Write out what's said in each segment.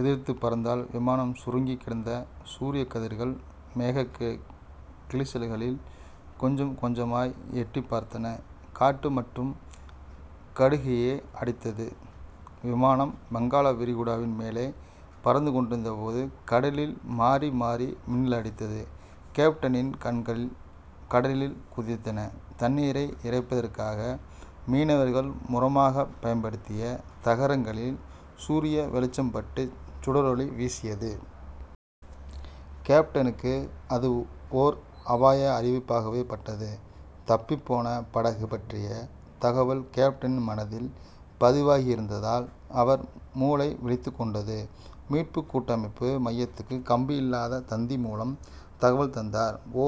எதிர்த்துப் பறந்தால் விமானம் சுருங்கிக் கிடந்த சூரியக் கதிர்கள் மேகக் கிழிசல்களில் கொஞ்சம் கொஞ்சமாய் எட்டிப் பார்த்தன. காற்று மட்டும் கடுகியே அடித்தது. விமானம் வங்காள விரிகுடாவின் மேலே பறந்து கொண்டிருந்தபோது, கடலில் மாறிமாறி மின்னலடித்தது. கேப்டனின் கண்கள் கடலில் குதித்தன. தண்ணீரை இறைப்பதற்காக மீனவர்கள் முறமாகப் பயன்படுத்திய தகரங்களில் சூரிய வெளிச்சம்பட்டுச் சுடரொளி வீசியது. கேப்டனுக்கு அது ஓர் அபாய அறிவிப்பாகவே பட்டது. தப்பிப்போன படகு பற்றிய தகவல் கேப்டனின் மனதில் பதிவாகியிருந்ததால் அவர் மூளை விழித்துக்கொண்டது. மீட்புக் கூட்டமைப்பு மையத்துக்குக் கம்பி இல்லாத் தந்தி மூலம் தகவல் தந்தார். ஓ.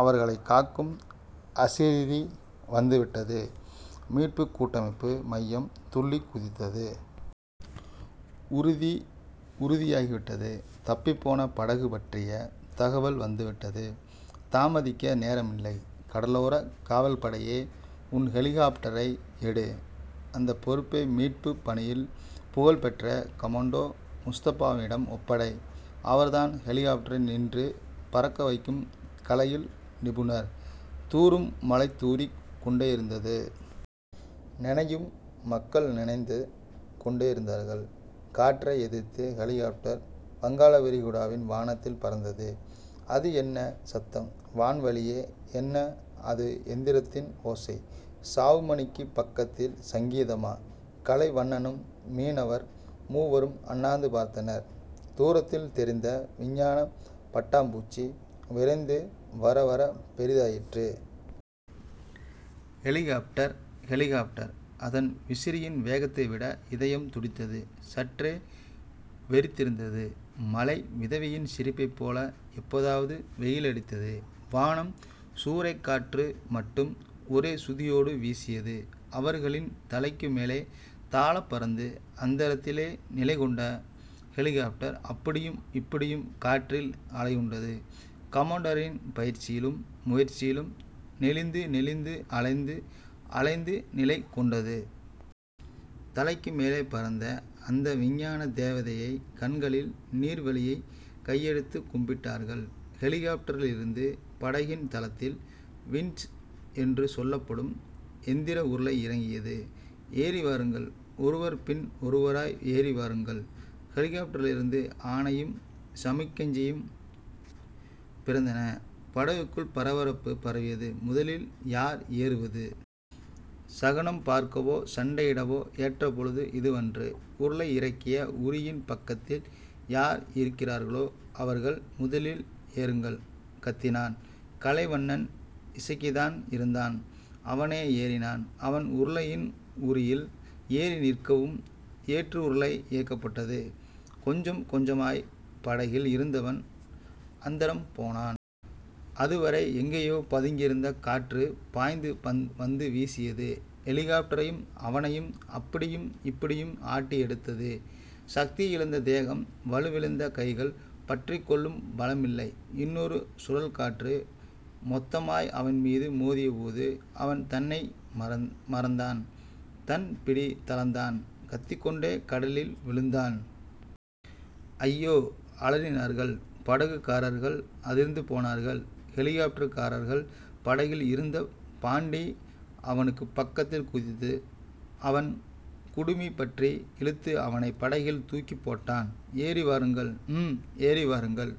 அவர்களைக் காக்கும் அசரீரி வந்துவிட்டது. மீட்புக் கூட்டமைப்பு மையம் துள்ளிக் குதித்தது. உறுதி உறுதியாகிவிட்டது. தப்பிப்போன படகு பற்றிய தகவல் வந்துவிட்டது. தாமதிக்க நேரமில்லை. கடலோரக் காவல் படையே. உன் ஹெலிகாப்ட்டரை எடு. அந்தப் பொறுப்பை, மீட்புப் பணியில் புகழ்பெற்ற கமேண்டோ முஸ்தஃபாவிடம் ஒப்படை. அவர்தான் ஹெலிகாப்ட்டரை நின்று பறக்க வைக்கும் கலையில் நிபுணர். தூறும் மழை தூறிக் கொண்டேயிருந்தது. நனையும் மக்கள் நனைந்து கொண்டேயிருந்தார்கள். காற்றை எதிர்த்து ஹெலிகாப்ட்டர் வங்காளவிரிகுடாவின் வானத்தில் பறந்தது. அது என்ன சத்தம்? வான்வழியே என்ன அது எந்திரத்தின் ஓசை? சாவுமணிக்குப் பக்கத்தில் சங்கீதமா? கலைவண்ணனும் மீனவர் மூவரும் அண்ணாந்து பார்த்தனர். தூரத்தில் தெரிந்த விஞ்ஞானப் பட்டாம்பூச்சி, விரைந்து வரவரப் பெரிதாயிற்று. ஹெலிகாப்ட்டர். ஹெலிகாப்ட்டர். அதன் விசிறியின் வேகத்தைவிட இதயம் துடித்தது. சற்றே வெறித்திருந்தது மழை. விதவையின் சிரிப்பைப் போல எப்போதாவது வெயிலடித்தது வானம். சூறைக்காற்று மட்டும் ஒரே சுதியோடு வீசியது. அவர்களின் தலைக்கு மேலே தாழப்பறந்து அந்தரத்திலே நிலைகொண்ட ஹெலிகாப்ட்டர், அப்படியும் இப்படியும் காற்றில் அலையுண்டது. கமேண்டரின் பயிற்சியிலும் முயற்சியிலும் நெளிந்துநெளிந்து, அலைந்து அலைந்து நிலைகொண்டது. தலைக்குமேலே பறந்த அந்த விஞ்ஞான தேவதையைக் கண்களில் நீர்வழியக் கையெடுத்துக் கும்பிட்டார்கள். ஹெலிகாப்ட்டரிலிருந்து படகின் தளத்தில் வின்ச் என்று சொல்லப்படும் எந்திர உருளை இறங்கியது. ஏறிவாருங்கள் ஒருவர் பின் ஒருவராய் ஏறிவாருங்கள் ஹெலிகாப்ட்டரிலிருந்து ஆணையும் சமிக்ஞையும் பிறந்தன. படகுக்குள் பரபரப்பு பரவியது. முதலில் யார் ஏறுவது? சகுனம் பார்க்கவோ சண்டையிடவோ ஏற்றபொழுது இதுவன்று. உருளை இறக்கிய உறியின் பக்கத்தில் யார் இருக்கிறார்களோ அவர்கள் முதலில் ஏறுங்கள் கத்தினான் கலைவண்ணன். இசக்கிதான் இருந்தான். அவனே ஏறினான். அவன் உருளையின் உறியில் ஏறி நிற்கவும் ஏற்றுருளை இயக்கப்பட்டது. கொஞ்சம் கொஞ்சமாய்ப் படகில் இருந்தவன் அந்தரம் போனான். அதுவரை எங்கேயோ பதுங்கியிருந்த காற்று பாய்ந்து வந்து வீசியது. ஹெலிகாப்ட்டரையும் அவனையும் அப்படியும் இப்படியும் ஆட்டி எடுத்தது. சக்தியிழந்த தேகம். வலுவிழுந்த கைகள். பற்றிக் கொள்ளும் பலமில்லை. இன்னொரு சுழல்காற்று மொத்தமாய் அவன்மீது மோதியபோது, அவன் தன்னை மறந்தான். தன் பிடி தளர்ந்தான். கத்திக்கொண்டே கடலில் விழுந்தான். அய்யோ அலறினார்கள் படகுக்காரர்கள். அதிர்ந்து போனார்கள் ஹெலிகாப்ட்டர்காரர்கள். படகில் இருந்த பாண்டி அவனுக்குப் பக்கத்தில் குதித்து, அவன் குடுமி பற்றி இழுத்து அவனைப் படகில் தூக்கிப் போட்டான். ஏறிவாருங்கள். ம் ஏறிவாருங்கள்.